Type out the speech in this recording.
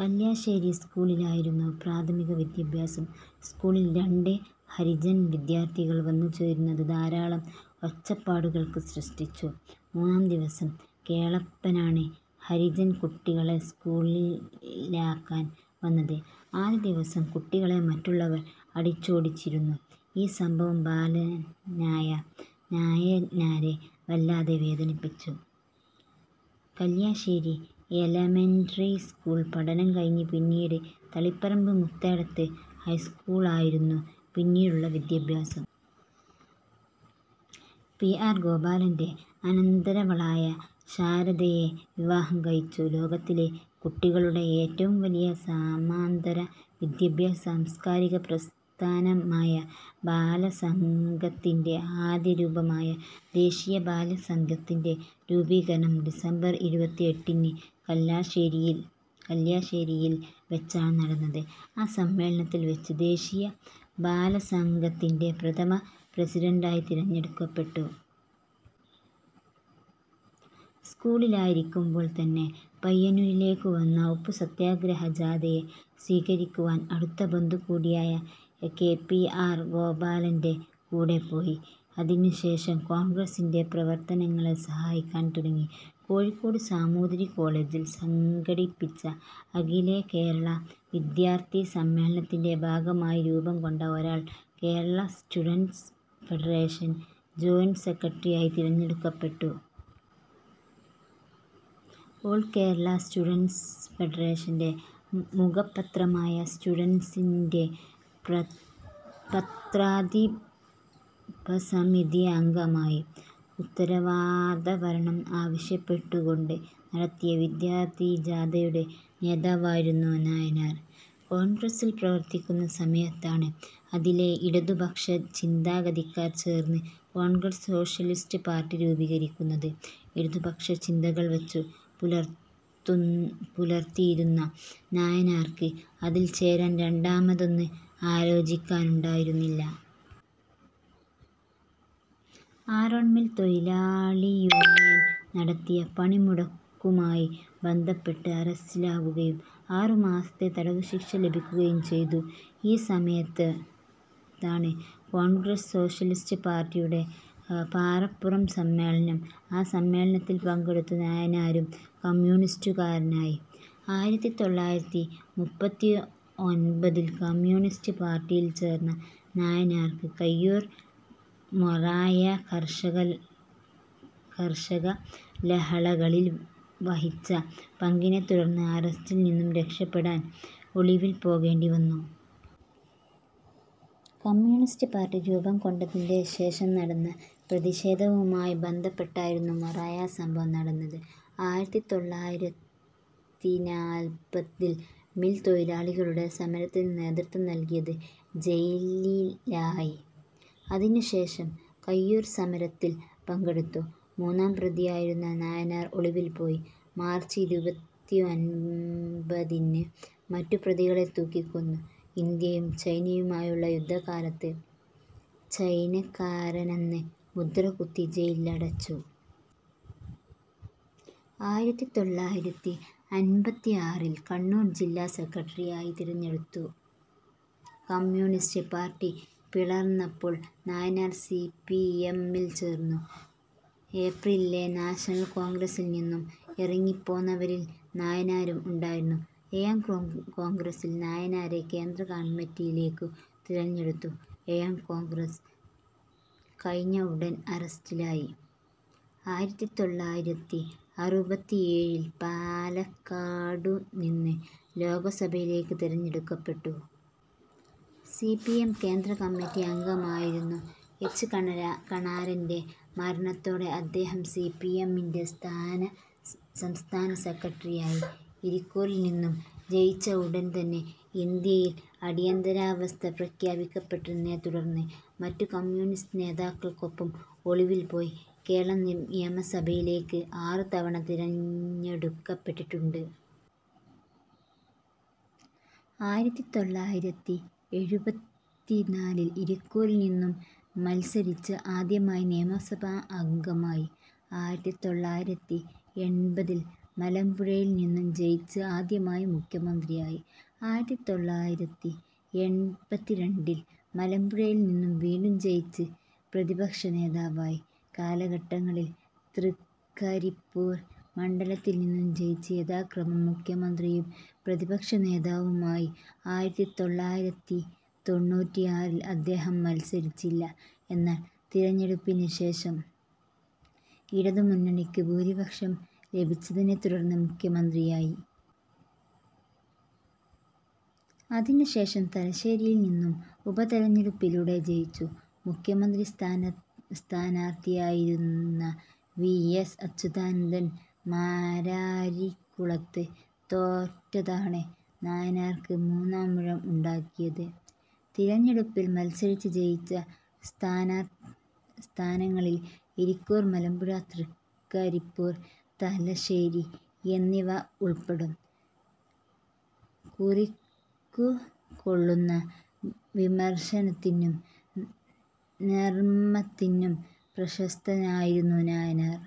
കല്യാശ്ശേരി സ്കൂളിലായിരുന്നു പ്രാഥമിക വിദ്യാഭ്യാസം, സ്കൂളിൽ രണ്ട് ഹരിജൻ വിദ്യാർത്ഥികൾ വന്നു ചേർന്നത് ധാരാളം ഒച്ചപ്പാടുകൾ സൃഷ്ടിച്ചു. മൂന്നാം ദിവസം കേളപ്പനാണ് ഹരിജൻ കുട്ടികളെ സ്കൂളിലാക്കാൻ വന്നത്. ആദ്യ ദിവസം കുട്ടികളെ മറ്റുള്ളവർ അടിച്ചോടിച്ചിരുന്നു. ഈ സംഭവം ബാലനായ നായനാരെ വല്ലാതെ വേദനിപ്പിച്ചു. കല്യാശ്ശേരി എലമെൻ്ററി സ്കൂളിലെ പഠനം കഴിഞ്ഞ് പിന്നീട് തളിപ്പറമ്പ് മുത്തേടത്ത് ഹൈസ്കൂളിലായിരുന്നു പിന്നീടുള്ള വിദ്യാഭ്യാസം. പി. ആർ. ഗോപാലൻ്റെ അനന്തരവളായ ശാരദയെ വിവാഹം കഴിച്ചു. ലോകത്തിലെ കുട്ടികളുടെ ഏറ്റവും വലിയ സമാന്തര വിദ്യാഭ്യാസ സാംസ്കാരിക പ്രസ്ഥാനമായ ബാലസംഘത്തിൻ്റെ ആദ്യ രൂപമായ ദേശീയ ബാലസംഘത്തിൻ്റെ രൂപീകരണം ഡിസംബർ ഇരുപത്തിഎട്ടിന് കല്ല്യാശ്ശേരിയിൽ വെച്ചാണ് നടന്നത്. ആ സമ്മേളനത്തിൽ വെച്ച് ദേശീയ ബാലസംഘത്തിൻ്റെ പ്രഥമ പ്രസിഡണ്ടായി തിരഞ്ഞെടുക്കപ്പെട്ടു. സ്കൂളിലായിരിക്കുമ്പോൾ തന്നെ പയ്യന്നൂരിലേക്കു വന്ന ഉപ്പുസത്യാഗ്രഹ ജാഥയെ സ്വീകരിക്കുവാൻ അടുത്ത ബന്ധു കൂടിയായ കെ. പി. ആർ. ഗോപാലൻ്റെ കൂടെ പോയി. അതിനുശേഷം കോൺഗ്രസിൻ്റെ പ്രവർത്തനങ്ങളെ സഹായിക്കാൻ തുടങ്ങി. കോഴിക്കോട് സാമൂതിരികോളേജിൽ സംഘടിപ്പിച്ച അഖിലകേരള വിദ്യാർത്ഥി സമ്മേളനത്തിൻ്റെ ഭാഗമായി രൂപംകൊണ്ട ഓൾ കേരള സ്റ്റുഡൻ്റ്സ് ഫെഡറേഷൻ്റെ ജോയിൻ്റ് സെക്രട്ടറിയായി തിരഞ്ഞെടുക്കപ്പെട്ടു. ഓൾ കേരള സ്റ്റുഡൻ്റ്സ് ഫെഡറേഷൻ്റെ മുഖപത്രമായ സ്റ്റുഡൻ്റിൻ്റെ പത്രാധിപസമിതി അംഗമായി. ഉത്തരവാദ ഭരണം ആവശ്യപ്പെട്ടുകൊണ്ട് നടത്തിയ വിദ്യാർത്ഥി ജാഥയുടെ നേതാവായിരുന്നു നായനാർ. കോൺഗ്രസിൽ പ്രവർത്തിക്കുന്ന സമയത്താണ് അതിലെ ഇടതു പക്ഷ ചിന്താഗതിക്കാർ ചേർന്ന് കോൺഗ്രസ് സോഷ്യലിസ്റ്റ് പാർട്ടി രൂപീകരിക്കുന്നത്. ഇടതുപക്ഷ ചിന്തകൾ വച്ചു പുലർത്തിയിരുന്ന നായനാർക്ക് അതിൽ ചേരാൻ രണ്ടാമതൊന്ന് ആലോചിക്കാനുണ്ടായിരുന്നില്ല. ആറോൺ മിൽ തൊഴിലാളിയൂണിയൻ നടത്തിയ പണിമുടക്കുമായി ബന്ധപ്പെട്ട് അറസ്റ്റിലാവുകയും ആറുമാസത്തെ തടവുശിക്ഷ ലഭിക്കുകയും ചെയ്തു. ഈ സമയത്താണ് കോൺഗ്രസ് സോഷ്യലിസ്റ്റ് പാർട്ടിയുടെ പാറപ്പുറം സമ്മേളനം, ആ സമ്മേളനത്തിൽ പങ്കെടുത്ത് നായനാരും കമ്മ്യൂണിസ്റ്റുകാരനായി. ആയിരത്തിതൊള്ളായിരത്തിമുപ്പത്തിഒൻപതിൽ കമ്യൂണിസ്റ്റ് പാർട്ടിയിൽ ചേർന്ന നായനാർക്ക് കയ്യൂർ-മൊറാഴ കർഷകലഹളകളിൽ വഹിച്ച പങ്കിനെ തുടർന്ന് അറസ്റ്റിൽ നിന്ന് രക്ഷപെടാൻ ഒളിവിൽ പോകേണ്ടിവന്നു. കമ്മ്യൂണിസ്റ്റ് പാർട്ടി രൂപംകൊണ്ടതിൻ്റെ ശേഷം നടന്ന പ്രതിഷേധദിനവുമായി ബന്ധപ്പെട്ടായിരുന്നു മൊറാഴ സംഭവം നടന്നത്. ആയിരത്തിതൊള്ളായിരത്തിനാല്പതിൽ മിൽ തൊഴിലാളികളുടെ സമരത്തിന് നേതൃത്വം നൽകിയതിന് ജയിലിലായി. അതിനുശേഷം കയ്യൂർ സമരത്തിൽ പങ്കെടുത്തു. മൂന്നാം പ്രതിയായിരുന്ന നായനാർ ഒളിവിൽ പോയി. മാർച്ച് ഇരുപത്തിഒൻപതിന് മറ്റു പ്രതികളെ തൂക്കിക്കൊന്നു. ഇന്ത്യയും ചൈനയുമായുള്ള യുദ്ധകാലത്ത് ചൈനകാരനെന്ന് മുദ്രകുത്തി ജയിലിലടച്ചു. ആയിരത്തിതൊള്ളായിരത്തിഅൻപത്തിആറിൽ കണ്ണൂർ ജില്ലാ സെക്രട്ടറിയായി തിരഞ്ഞെടുത്തു. കമ്യൂണിസ്റ്റ് പാർട്ടി പിളർന്നപ്പോൾ നായനാർ സി. പി. എം ൽ ചേർന്നു. ഏപ്രിലിലെ നാഷണൽ കൗൺസിലിൽ നിന്നും ഇറങ്ങിപ്പോന്നവരിൽ നായനാരും ഉണ്ടായിരുന്നു. ഏഴാം കോൺഗ്രസിൽ നായനാരെ കേന്ദ്ര കമ്മിറ്റിയിലേക്കു തിരഞ്ഞെടുത്തു. ഏഴാം കോൺഗ്രസ് കഴിഞ്ഞ ഉടൻ അറസ്റ്റിലായി. ആയിരത്തിതൊള്ളായിരത്തിഅറുപത്തിഏഴിൽ പാലക്കാടുനിന്ന് ലോക്സഭയിലേക്ക് തിരഞ്ഞെടുക്കപ്പെട്ടു. സി. പി. എം. കേന്ദ്ര കമ്മറ്റി അംഗമായിരുന്നു. എച്ച്. കണാരൻ്റെ മരണത്തോടെ അദ്ദേഹം സി. പി. എം. ൻ്റെ സംസ്ഥാന സെക്രട്ടറിയായി. ഇരിക്കൂറിൽ നിന്നും ജയിച്ച ഉടൻ തന്നെ ഇന്ത്യയിൽ അടിയന്തരാവസ്ഥ പ്രഖ്യാപിക്കപ്പെട്ടതിനെ തുടർന്ന് മറ്റു കമ്മ്യൂണിസ്റ്റ് നേതാക്കൾക്കൊപ്പം ഒളിവിൽ പോയി. കേരള നിയമസഭയിലേക്ക് ആറ് തവണ തിരഞ്ഞെടുക്കപ്പെട്ടിട്ടുണ്ട്. ആയിരത്തിതൊള്ളായിരത്തിഎഴുപത്തിനാലിൽ ഇരിക്കൂറിൽ നിന്നും മൽസരിച്ച് ആദ്യമായി നിയമസഭാ അംഗമായി. ആയിരത്തിതൊള്ളായിരത്തിഎൺപതിൽ മലമ്പുഴയിൽ നിന്നും ജയിച്ച് ആദ്യമായി മുഖ്യമന്ത്രിയായി. ആയിരത്തിതൊള്ളായിരത്തിഎൺപത്തിരണ്ടിൽ മലമ്പുഴയിൽ നിന്നും വീണ്ടും ജയിച്ച് പ്രതിപക്ഷനേതാവായി., കാലഘട്ടങ്ങളിൽ തൃക്കരിപ്പൂർ മണ്ഡലത്തിൽ നിന്നും ജയിച്ച് യഥാക്രമം മുഖ്യമന്ത്രിയും പ്രതിപക്ഷനേതാവുമായി. ആയിരത്തിതൊള്ളായിരത്തിതൊണ്ണൂറ്റിആറിൽ അദ്ദേഹം മത്സരിച്ചില്ല. എന്നാൽ തിരഞ്ഞെടുപ്പിനുശേഷം ഇടതുമുന്നണിക്ക് ഭൂരിപക്ഷം ലഭിച്ചതിനെത്തുടർന്ന് മുഖ്യമന്ത്രിയായി. അതിനു ശേഷം തലശ്ശേരിയിൽ നിന്നും ഉപതെരഞ്ഞെടുപ്പിലൂടേ ജയിച്ചു. മുഖ്യമന്ത്രി സ്ഥാനാർത്ഥിയായിരുന്ന വി. എസ്. അച്യുതാനന്ദൻ മാരാരിക്കുളത്ത് തോറ്റതാണ് നായനാർക്ക് മൂന്നാമൂഴം ഉണ്ടാക്കിയത്. തിരഞ്ഞെടുപ്പിൽ മത്സരിച്ച് വിജയിച്ച സ് സ്ഥാനങ്ങളിൽ ഇരിക്കൂർ, മലമ്പുഴ, തൃക്കരിപ്പൂർ, തലശ്ശേരി എന്നിവ ഉൾപ്പെടും. കുറിക്കുകൊള്ളുന്ന വിമർശനത്തിനും നർമ്മത്തിനും പ്രശസ്തനായിരുന്നു നായനാർ.